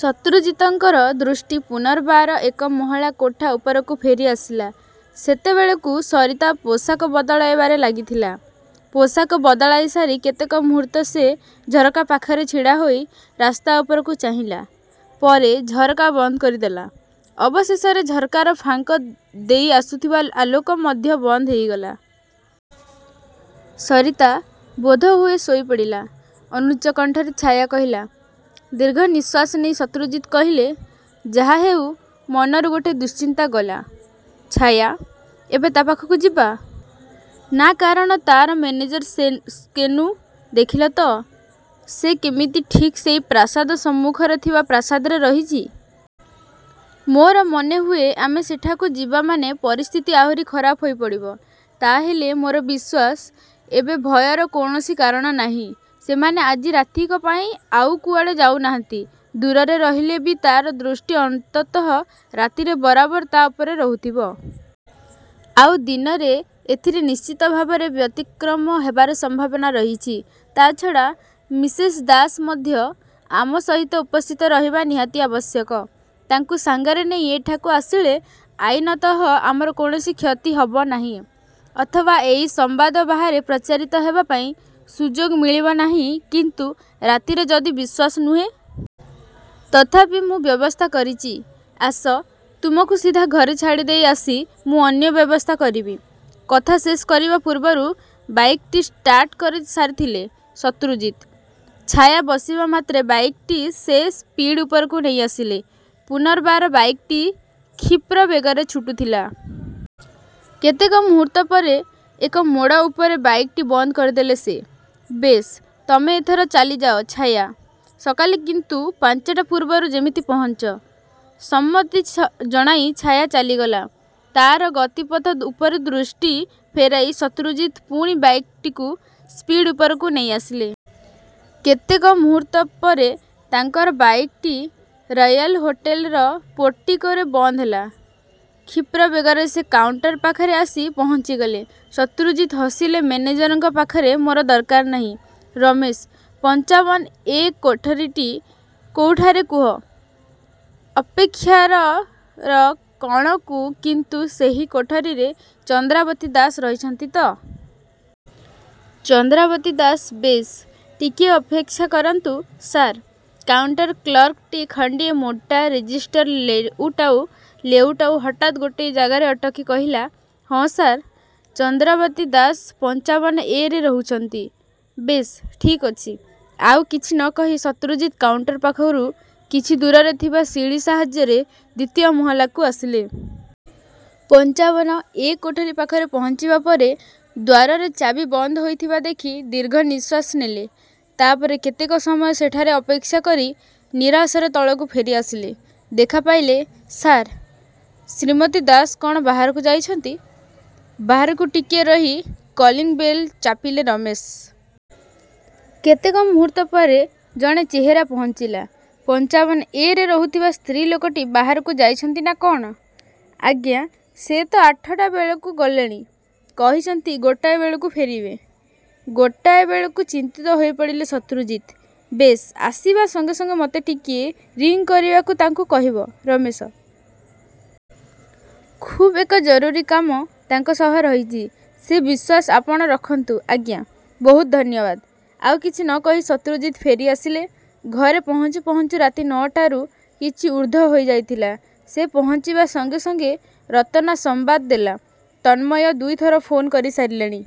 ଶତ୍ରୁଜିତଙ୍କର ଦୃଷ୍ଟି ପୁନର୍ବାର ଏକମହଲା କୋଠା ଉପରକୁ ଫେରିଆସିଲା। ସେତେବେଳେକୁ ସରିତା ପୋଷାକ ବଦଳାଇବାରେ ଲାଗିଥିଲା। ପୋଷାକ ବଦଳାଇ ସାରି କେତେକ ମୁହୂର୍ତ୍ତ ସେ ଝରକା ପାଖରେ ଛିଡ଼ା ହୋଇ ରାସ୍ତା ଉପରକୁ ଚାହିଁଲା। ପରେ ଝରକା ବନ୍ଦ କରିଦେଲା। ଅବଶେଷରେ ଝରକାର ଫାଙ୍କ ଦେଇ ଆସୁଥିବା ଆଲୋକ ମଧ୍ୟ ବନ୍ଦ ହୋଇଗଲା। ସରିତା ବୋଧହୁଏ ଶୋଇପଡ଼ିଲା। ଅନୁଚ୍ଚ କଣ୍ଠରେ ଛାୟା କହିଲା। ଦୀର୍ଘନିଶ୍ୱାସ ନେଇ ଶତ୍ରୁଜିତ୍ କହିଲେ,"ଯାହାହେଉ ମନରୁ ଗୋଟିଏ ଦୁଶ୍ଚିନ୍ତା ଗଲା, ଛାୟା! ଏବେ ତା' ପାଖକୁ ଯିବା? ନା କାରଣ ତା'ର ମେନେଜର ସେନ୍ ସ୍କେନୁ ଦେଖିଲ ତ! ସେ କେମିତି ଠିକ୍ ସେଇ ପ୍ରାସାଦ ସମ୍ମୁଖରେ ଥିବା ପ୍ରାସାଦରେ ରହିଛି। ମୋର ମନେହୁଏ ଆମେ ସେଠାକୁ ଯିବା ମାନେ ପରିସ୍ଥିତି ଆହୁରି ଖରାପ ହୋଇପଡ଼ିବ। ତା'ହେଲେ ମୋର ବିଶ୍ୱାସ, ଏବେ ଭୟର କୌଣସି କାରଣ ନାହିଁ। ସେମାନେ ଆଜି ରାତିକ ପାଇଁ ଆଉ କୁଆଡ଼େ ଯାଉନାହାନ୍ତି। ଦୂରରେ ରହିଲେ ବି ତା'ର ଦୃଷ୍ଟି ଅନ୍ତତଃ ରାତିରେ ବରାବର ତା' ଉପରେ ରହୁଥିବ। ଆଉ ଦିନରେ ଏଥିରେ ନିଶ୍ଚିତ ଭାବରେ ବ୍ୟତିକ୍ରମ ହେବାର ସମ୍ଭାବନା ରହିଛି, ତା' ଛଡ଼ା ମିସେସ୍ ଦାସ ମଧ୍ୟ ଆମ ସହିତ ଉପସ୍ଥିତ ରହିବା ନିହାତି ଆବଶ୍ୟକ। ତାଙ୍କୁ ସାଙ୍ଗରେ ନେଇ ଏଠାକୁ ଆସିଲେ ଆଇନତଃ ଆମର କୌଣସି କ୍ଷତି ହେବ ନାହିଁ। ଅଥବା ଏଇ ସମ୍ୱାଦ ବାହାରେ ପ୍ରଚାରିତ ହେବା ପାଇଁ ସୁଯୋଗ ମିଳିବ ନାହିଁ କିନ୍ତୁ ରାତିରେ ଯଦି ବିଶ୍ୱାସ ନୁହେଁ। ତଥାପି ମୁଁ ବ୍ୟବସ୍ଥା କରିଚି। ଆସ, ତୁମକୁ ସିଧା ଘରେ ଛାଡ଼ିଦେଇ ଆସି ମୁଁ ଅନ୍ୟ ବ୍ୟବସ୍ଥା କରିବି। କଥା ଶେଷ କରିବା ପୂର୍ବରୁ ବାଇକ୍ଟି ଷ୍ଟାର୍ଟ କରିସାରିଥିଲେ ଶତ୍ରୁଜିତ୍। ଛାୟା ବସିବା ମାତ୍ରେ ବାଇକ୍ଟି ସେ ସ୍ପିଡ୍ ଉପରକୁ ନେଇଆସିଲେ। ପୂନର୍ବାର ବାଇକ୍ଟି କ୍ଷିପ୍ରବେଗରେ ଛୁଟୁଥିଲା। କେତେକ ମୁହୂର୍ତ୍ତପରେ ଏକ ମୋଡ଼ ଉପରେ ବାଇକ୍ଟି ବନ୍ଦ କରି ଦେଲେ ସେ। ବେଶ୍, ତମେ ଏଥର ଚାଲିଯାଅ, ଛାୟା! ସକାଳେ କିନ୍ତୁ ପାଞ୍ଚଟା ପୂର୍ବରୁ ଯେମିତି ପହଞ୍ଚ। ସମ୍ମତି ଜଣାଇ ଛାୟା ଚାଲିଗଲା। ତା'ର ଗତିପଥ ଉପରୁ ଦୃଷ୍ଟି ଫେରାଇ ଶତ୍ରୁଜିତ୍ ପୁଣି ବାଇକ୍ଟିକୁ ସ୍ପିଡ୍ ଉପରକୁ ନେଇଆସିଲେ। କେତେକ ମୁହୂର୍ତ୍ତପରେ ତାଙ୍କର ବାଇକ୍ଟି ରୟେଲ୍ ହୋଟେଲର ପୋର୍ଟିକୋରେ ବନ୍ଦ ହେଲା। କ୍ଷିପ୍ରବେଗରେ ସେ କାଉଣ୍ଟର ପାଖରେ ଆସି ପହଞ୍ଚିଗଲେ। ଶତ୍ରୁଜିତ୍ ହସିଲେ ମେନେଜରଙ୍କ ପାଖରେ ମୋର ଦରକାର ନାହିଁ, ରମେଶ, ପଂଚାବନ'ଏ' କୋଠରିଟା କୋଉଠାରେ କୁହ? ଅପ୍ଷ୍ଟେୟାରର କଣକୁ କିନ୍ତୁ ସେହି କୋଠରିରେ ଚନ୍ଦ୍ରାବତୀ ଦାସ ରହିଛନ୍ତି ତ? ଚନ୍ଦ୍ରାବତୀ ଦାସ ବେଶ୍, ଟିକିଏ ଅପେକ୍ଷା କରନ୍ତୁ ସାର୍! କାଉଣ୍ଟର କ୍ଲର୍କଟି ଖଣ୍ତିଏ ମୋଟା ରେଜିଷ୍ଟର ଲେଉଟାଉ ଲେଉଟାଉ ହଠାତ୍ ଗୋଟିଏ ଜାଗାରେ ଅଟକି କହିଲା ହଁ, ସାର୍, ଚନ୍ଦ୍ରାବତୀ ଦାସ ପଂଚାବନ'ଏ' ରେ ରହୁଛନ୍ତି। ବେଶ୍, ଠିକ୍ଅଛି। ଆଉ କିଛି ନ କହି ଶତ୍ରୁଜିତ୍ କାଉଣ୍ଟର ପାଖରୁ କିଛି ଦୂରରେ ଥିବା ସିଡ଼ି ସାହାର୍ଯ୍ୟରେ ଦ୍ୱିତୀୟ ମହଲାକୁ ଆସିଲେ। ପଂଚାବନ 'ଏ' କୋଠରି ପାଖରେ ପହଞ୍ଚିବା ପରେ, ଦ୍ୱାରରେ ଚାବି ବନ୍ଦ ହେଇଥିବା ଦେଖି ଦୀର୍ଘ ନିଶ୍ୱାସ ନେଲେ। ତା ପରେ କେତେକ ସମୟ ସେଠାରେ ଅପେକ୍ଷା କରି ନିରାଶରେ ତଳକୁ ଫେରିଆସିଲେ। ଦେଖା ପାଇଲେ, ସାର୍? ଶ୍ରୀମତୀ ଦାସ କଣ ବାହାରକୁ ଯାଇଛନ୍ତି? ବାହାରକୁ ଟିକିଏ ରହି, କଲିଂବେଲ୍ ଚାପିଲେ ରମେଶ। କେତେକ ମୁହୂର୍ତ୍ତ ପରେ ଜଣେ ଚେହେରା ପହଞ୍ଚିଲା। ପଂଚାବନ'ଏ' ରେ ରହୁଥିବା ସ୍ତ୍ରୀ ଲୋକଟି ବାହାରକୁ ଯାଇଛନ୍ତି ନା କଣ? ' ଆଜ୍ଞା, ସେ ତ ଆଠଟା ବେଳୁ ଗଲେଣି। କହିଛନ୍ତି ଗୋଟାଏ ବେଳକୁ ଫେରିବେ। ଗୋଟାଏ ବେଳକୁ ଚିନ୍ତିତ ହୋଇପଡ଼ିଲେ ଶତ୍ରୁଜିତ୍। ବେଶ୍, ଆସିବା ସଙ୍ଗେ ସଙ୍ଗେ ମୋତେ ଟିକିଏ ରିଂ କରିବାକୁ ତାଙ୍କୁ କହିବ, ରମେଶ! ଖୁବ୍ ଏକ ଜରୁରୀ କାମ ତାଙ୍କ ସହ ରହିଛି। ସେ ବିଶ୍ୱାସ ଆପଣ ରଖନ୍ତୁ, ଆଜ୍ଞା! ବହୁତ ଧନ୍ୟବାଦ। ଆଉ କିଛି ନ କହି ଶତ୍ରୁଜିତ୍ ଫେରିଆସିଲେ। ଘରେ ପହଞ୍ଚୁ ପହଞ୍ଚୁ ରାତି ନଅଟାରୁ କିଛି ଊର୍ଦ୍ଧ୍ୱ ହୋଇଯାଇଥିଲା। ସେ ପହଞ୍ଚିବା ସଙ୍ଗେ ସଙ୍ଗେ ରତନା ସମ୍ବାଦ ଦେଲା, ତନ୍ମୟ ଦୁଇଥର ଫୋନ୍ କରିସାରିଲେଣି।